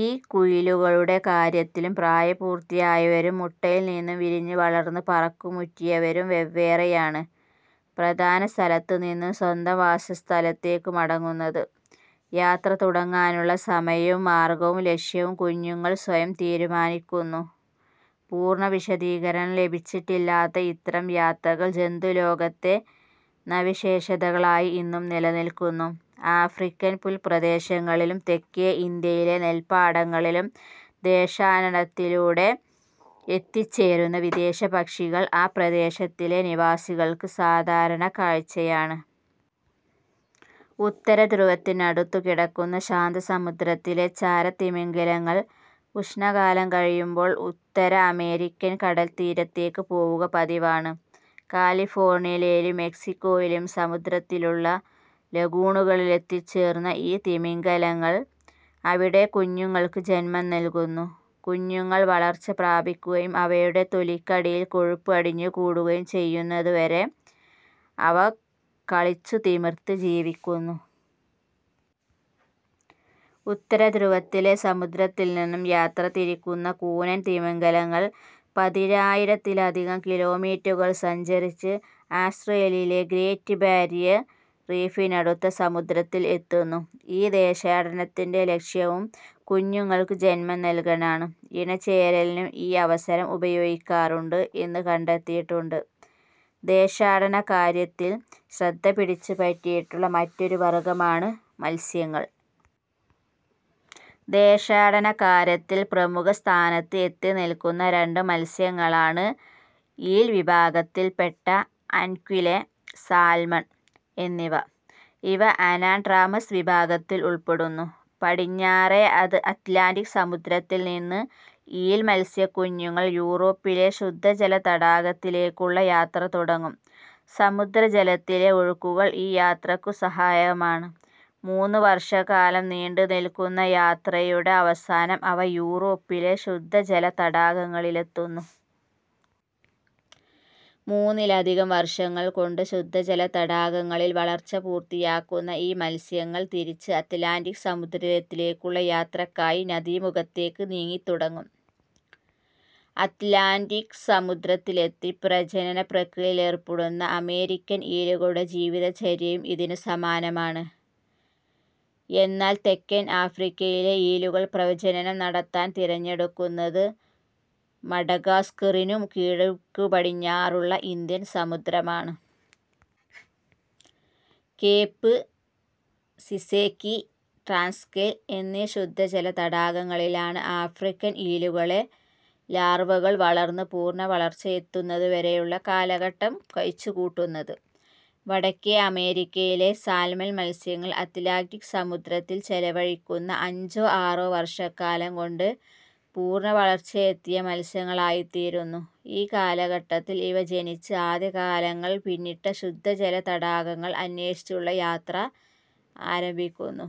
ഈ കുയിലുകളുടെ കാര്യത്തിലും പ്രായപൂർത്തിയായവരും മുട്ടയിൽനിന്നു വിരിഞ്ഞ് വളർന്ന് പറക്കമുറ്റിയവരും വെവ്വേറെയാണ് പ്രധാന സ്ഥലത്തുനിന്ന് സ്വന്തം വാസസ്ഥാനത്തേക്കു മടങ്ങുന്നത്. യാത്ര തുടങ്ങാനുള്ള സമയവും മാർഗവും ലക്ഷ്യവും കുഞ്ഞുങ്ങൾ സ്വയം തീരുമാനിക്കുന്നു. പൂർണ വിശദീകരണം ലഭിച്ചിട്ടില്ലാത്ത ഇത്തരം യാത്രകൾ ജന്തുലോകത്തെ സവിശേഷതകളായി ഇന്നും നിലനില്ക്കുന്നു. ആഫ്രിക്കൻ പുൽപ്രദേശങ്ങളിലും തെക്കേ ഇന്ത്യയിലെ നെൽപ്പാടങ്ങളിലും ദേശാടനത്തിലൂടെ എത്തിച്ചേരുന്ന വിദേശപ്പക്ഷികൾ ആ പ്രദേശങ്ങളിലെ നിവാസികൾക്ക് സാധാരണ കാഴ്ചയാണ്. ഉത്തരധ്രുവത്തിനടുത്തു കിടക്കുന്ന ശാന്തസമുദ്രത്തിലെ ചാരത്തിമിംഗിലങ്ങൾ ഉഷ്ണകാലം കഴിയുമ്പോൾ ഉത്തര അമേരിക്കൻ കടൽത്തീരത്തേക്കു പോവുക പതിവാണ്. കാലിഫോർണിയയിലെയും മെക്സിക്കോയിലെയും സമുദ്രങ്ങളിലുള്ള ലഗൂണുകളിലെത്തിച്ചേരുന്ന ഈ തിമിംഗിലങ്ങൾ അവിടെ കുഞ്ഞുങ്ങൾക്ക് ജന്മം നല്കുന്നു. കുഞ്ഞുങ്ങൾ വളർച്ച പ്രാപിക്കുകയും അവയുടെ തൊലിക്കടിയിൽ കൊഴുപ്പ് അടിഞ്ഞുകൂടുകയും ചെയ്യുന്നതുവരെ അവ കളിച്ചു തിമിർത്ത് ജീവിക്കുന്നു. ഉത്തരധ്രുവത്തിലെ സമുദ്രത്തിൽനിന്നു യാത്ര തിരിക്കുന്ന കൂനൻ തിമിംഗിലങ്ങൾ പതിനായിരത്തിലധികം കിലോമീറ്ററുകൾ സഞ്ചരിച്ച് ആസ്റ്റ്രേലിയയിലെ ഗ്രേറ്റ് ബാരിയർ റീഫിനടുത്ത സമുദ്രത്തിൽ എത്തുന്നു. ഈ ദേശാടനത്തിന്റെ ലക്ഷ്യവും കുഞ്ഞുങ്ങൾക്ക് ജന്മം നല്കലാണ്. ഇണചേരലിനും ഈ അവസരം ഉപയോഗിക്കാറുണ്ട് എന്നു കണ്ടെത്തിയിട്ടുണ്ട്. ദേശാടനക്കാര്യത്തിൽ ശ്രദ്ധ പിടിച്ചുപറ്റിയിട്ടുള്ള മറ്റൊരു വർഗമാണ് മത്സ്യങ്ങൾ. ദേശാടനക്കാര്യത്തിൽ പ്രമുഖസ്ഥാനത്ത് എത്തിനില്ക്കുന്ന രണ്ട് മത്സ്യങ്ങളാണ് ഈൽ വിഭാഗത്തിൽപ്പെട്ട ആൻക്വില, സാൽമൺ എന്നിവ. ഇവ അനാഡ്രാമസ് വിഭാഗത്തിലുൾ പ്പെടുന്നു. പടിഞ്ഞാറേ അത് ലാന്റിക് സമുദ്രത്തിൽനിന്ന് ഈൽ മത്സ്യക്കുഞ്ഞുങ്ങൾ യൂറോപ്പിലെ ശുദ്ധജല തടാകത്തിലേക്കുള്ള യാത്ര തുടങ്ങും. സമുദ്രജലത്തിലെ ഒഴുക്കുകൾ ഈ യാത്രയ്ക്കു സഹായകമാണ്. മൂന്നുവർഷക്കാലം നീണ്ടുനില്ക്കുന്ന യാത്രയുടെ അവസാനം അവ യൂറോപ്പിലെ ശുദ്ധജല തടാകങ്ങളിലെത്തുന്നു. മൂന്നിലധികം വർഷങ്ങൾകൊണ്ട് ശുദ്ധജല തടാകങ്ങളിൽ വളർച്ച പൂർത്തിയാക്കുന്ന ഈ മത്സ്യങ്ങൾ തിരിച്ച് അത് ലാന്റിക് സമുദ്രത്തിലേക്കുള്ള യാത്രയ്ക്കായി നദീമുഖത്തേക്കു നീങ്ങിത്തുടങ്ങും. അത് ലാന്റിക് സമുദ്രത്തിലെത്തി പ്രജനന പ്രക്രിയയിലേർ പ്പെടുന്നു. അമേരിക്കൻ ഈലുകളുടെ ജീവിതചര്യയും ഇതിനു സമാനമാണ്. എന്നാൽ തെക്കൻ ആഫ്രിക്കയിലെ ഈലുകൾ പ്രജനനം നടത്താൻ തിരഞ്ഞെടുക്കുന്നത് മഡഗാസ്ക്കറിനു കിഴക്കുപടിഞ്ഞാറുള്ള ഇന്ത്യൻ സമുദ്രമാണ്. കേപ്, സിസേക്കി, ട്രാൻസ്കെൽ എന്നീ ശുദ്ധജല തടാകങ്ങളിലാണ് ആഫ്രിക്കൻ ഈലുകളുടെ ലാർവകൾ വളർന്ന് പൂർണവളർച്ച എത്തുന്നതുവരെയുള്ള കാലഘട്ടം കഴിച്ചുകൂട്ടുന്നത്. വടക്കേ അമേരിക്കയിലെ സാൽമൺ മത്സ്യങ്ങൾ അത് ലാന്റിക് സമുദ്രത്തിൽ ചെലവഴിക്കുന്ന അഞ്ചോ ആറോ വർഷക്കാലം കൊണ്ട് പൂർണവളർച്ചയെത്തിയ മത്സ്യങ്ങളായിത്തീരുന്നു. ഈ കാലഘട്ടത്തിൽ ഇവ, ജനിച്ച് ആദ്യകാലങ്ങൾ പിന്നിട്ട ശുദ്ധജല തടാകങ്ങൾ അന്വേഷിച്ചുള്ള യാത്ര ആരംഭിക്കുന്നു.